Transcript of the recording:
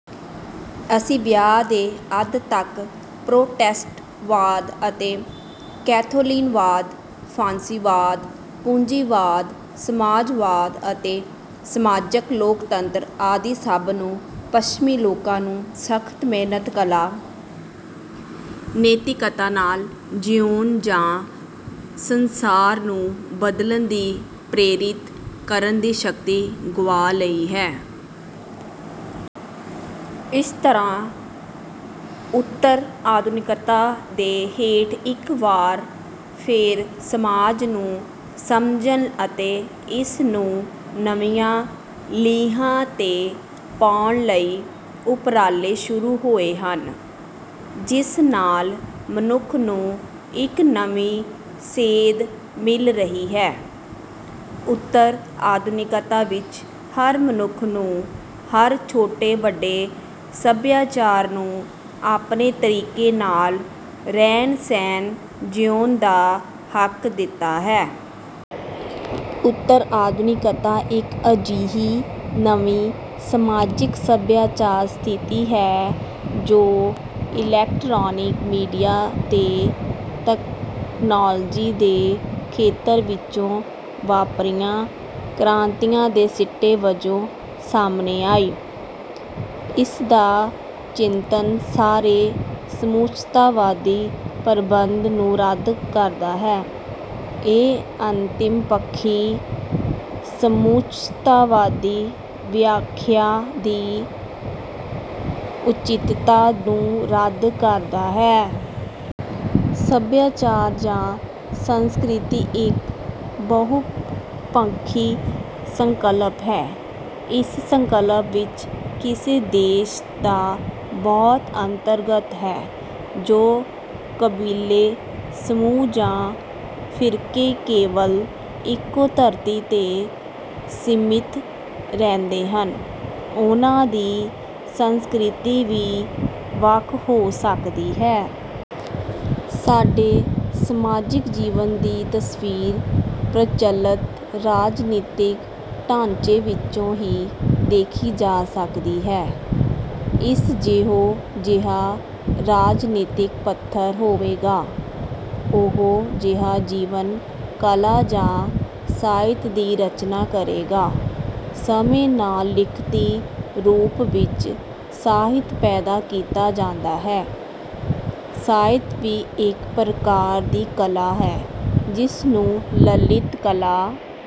ਅੱਸੀ ਵਿਆਂ ਦੇ ਅੱਧ ਤੱਕ ਪ੍ਰੋਟੈਸਟਵਾਦ ਅਤੇ ਕੈਖੋਲਿਨਵਾਦ, ਫਾਸੀਵਾਦ-ਪੂੰਜੀਵਾਦ, ਸਮਾਜਵਾਦ ਅਤੇ ਸਮਾਜਕ ਲੋਕਤੰਤਰ ਆਦਿ ਸਭ ਨੂੰ ਪੱਛਮੀ ਲੋਕਾਂ ਨੂੰ ਸਖਤ ਮਿਹਨਤ ਕਲਾ, ਨੈਤਿਕਤਾ ਨਾਲ ਜਿਉਣ ਜਾਂ ਸੰਸਾਰ ਨੂੰ ਬਦਲਣ ਦੀ ਪ੍ਰੇਰਿਤ ਕਰਨ ਦੀ ਸ਼ਕਤੀ ਗੁਆ ਲਈ ਹੈ। ਇਸ ਤਰਾਂ ਉਤਰ-ਆਧੁਨਿਕਤਾ ਦੇ ਹੇਠ ਇੱਕ ਵਾਰ ਫੇਰ ਸਮਾਜ ਨੂੰ ਸਮਝਣ ਅਤੇ ਇਸ ਨੂੰ ਨਵੀਆਂ ਲੀਹਾਂ ਤੇ ਪਾਉਣ ਲਈ ਉਪਰਾਲੇ ਸ਼ੁਰੁ ਹੋਏ ਹਨ ਜਿਸ ਨਾਲ ਮਨੁੱਖ ਨੂੰ ਇੱਕ ਨਵੀ ਸੇਧ ਮਿਲ ਰਹੀ ਹੈ, ਉਤਰ-ਆਧੁਨਿਕਤਾ ਵਿੱਚ ਹਰ ਮਨੁੱਖ ਨੂੰ, ਹਰ ਛੋਟੇ-ਵੱਡੇ ਸਭਿਆਚਾਰ ਨੂੰ ਆਪਣੇ ਤਰੀਕੇ ਨਾਲ ਰਹਿਣ-ਸਹਿਣ ਜਿਊਣ ਦਾ ਹੱਕ ਦਿੱਤਾ ਹੈ। ਉਤਰ-ਆਧੁਨਿਕਤਾ ਇੱਕ ਅਜਿਹੀ ਨਵੀ ਸਮਾਜਿਕ ਸਭਿਆਚਾਰ ਸਥਿਤੀ ਹੈ ਜੋ ਇਲੈਕਟ੍ਰਾਨਿਕ ਮੀਡੀਆ ਤੇ ਤਕਨਾਲੋਜੀ ਦੇ ਖੇਤਰ ਵਿੱਚੋ ਵਾਪਰੀਆਂ ਕ੍ਰਾਂਤੀਆਂ ਦੇ ਸਿੱਟੇ ਵੱਜੋ ਸਾਹਮਣੇ ਆਈ। ਇਸਦਾ ਚਿੰਤਨ ਸਾਰੇ ਸਮੁੱਚਤਾਵਾਦੀ ਪ੍ਰਬੰਧ ਨੂੰ ਰੱਦ ਕਰਦਾ ਹੈ, ਇਹ ਅਤਿੰਮਪੱਖੀ ਸਮੁੱਚਤਾਵਾਦੀ ਵਿਆਖਿਆ ਦੀ ਉਚਿਤਤਾ ਨੂੰ ਰੱਦ ਕਰਦਾ ਹੈ। ਸੱਭਿਆਚਾਰ ਜਾਂ ਸੰਸਕ੍ਰਿਤੀ ਇਕ ਬਹੁਪੱਖੀ ਸੰਕਲਪ ਹੈ। ਇਸ ਸੰਕਲਪ ਵਿੱੱਚ ਕਿਸੇ ਦੇਸ਼ ਦਾ ਬਹੁਤ ਅੰਤਰਗਤ ਹੈ। ਜੋ ਕਬੀਲੇ, ਸਮੂਹ ਜਾਂ ਫ਼ਿਰਕੇ ਕੇਵਲ ਇੱਕੋ ਧਰਤੀ ਤੇ ਸੀਮਿਤ ਰਹਿੰਦੇ ਹਨ ਉਹਨਾਂ ਦੀ ਸੰਸਕ੍ਰਿਤੀ ਵੀ ਵੱਖ ਹੋ ਸਕਦੀ ਹੈ। ਸਾਡੇ ਸਮਾਜਿਕ ਜੀਵਨ ਦੀ ਤਸਵੀਰ ਪ੍ਰਚਲਤ ਰਾਜਨੀਤਿਕ ਢਾਂਚੇ ਵਿੱਚੋਂ ਹੀ ਦੇਖੀ ਜਾ ਸਕਦੀ ਹੈ ਇਸ ਜਿਹੋ ਜਿਹਾ ਰਾਜਨੀਤਿਕ ਪੱਧਰ ਹੋਵੇਗਾ, ਉਹੋ ਜਿਹਾ ਜੀਵਨ, ਕਲਾ ਜਾਂ ਸਾਹਿਤ ਦੀ ਰਚਨਾ ਕਰੇਗਾ। ਸਮੇ ਨਾਲ ਲਿਖਤੀ ਰੂਪ ਵਿੱਚ ਸਾਹਿਤ ਪੈਦਾ ਕੀਤਾ ਜਾਂਦਾ ਹੈ। ਸਾਹਿਤ ਵੀ ਇੱਕ ਪ੍ਰਕਾਰ ਦੀ ਕਲਾ ਹੈ, ਜਿਸਨੂੰ ਲਲਿਤ ਕਲਾ...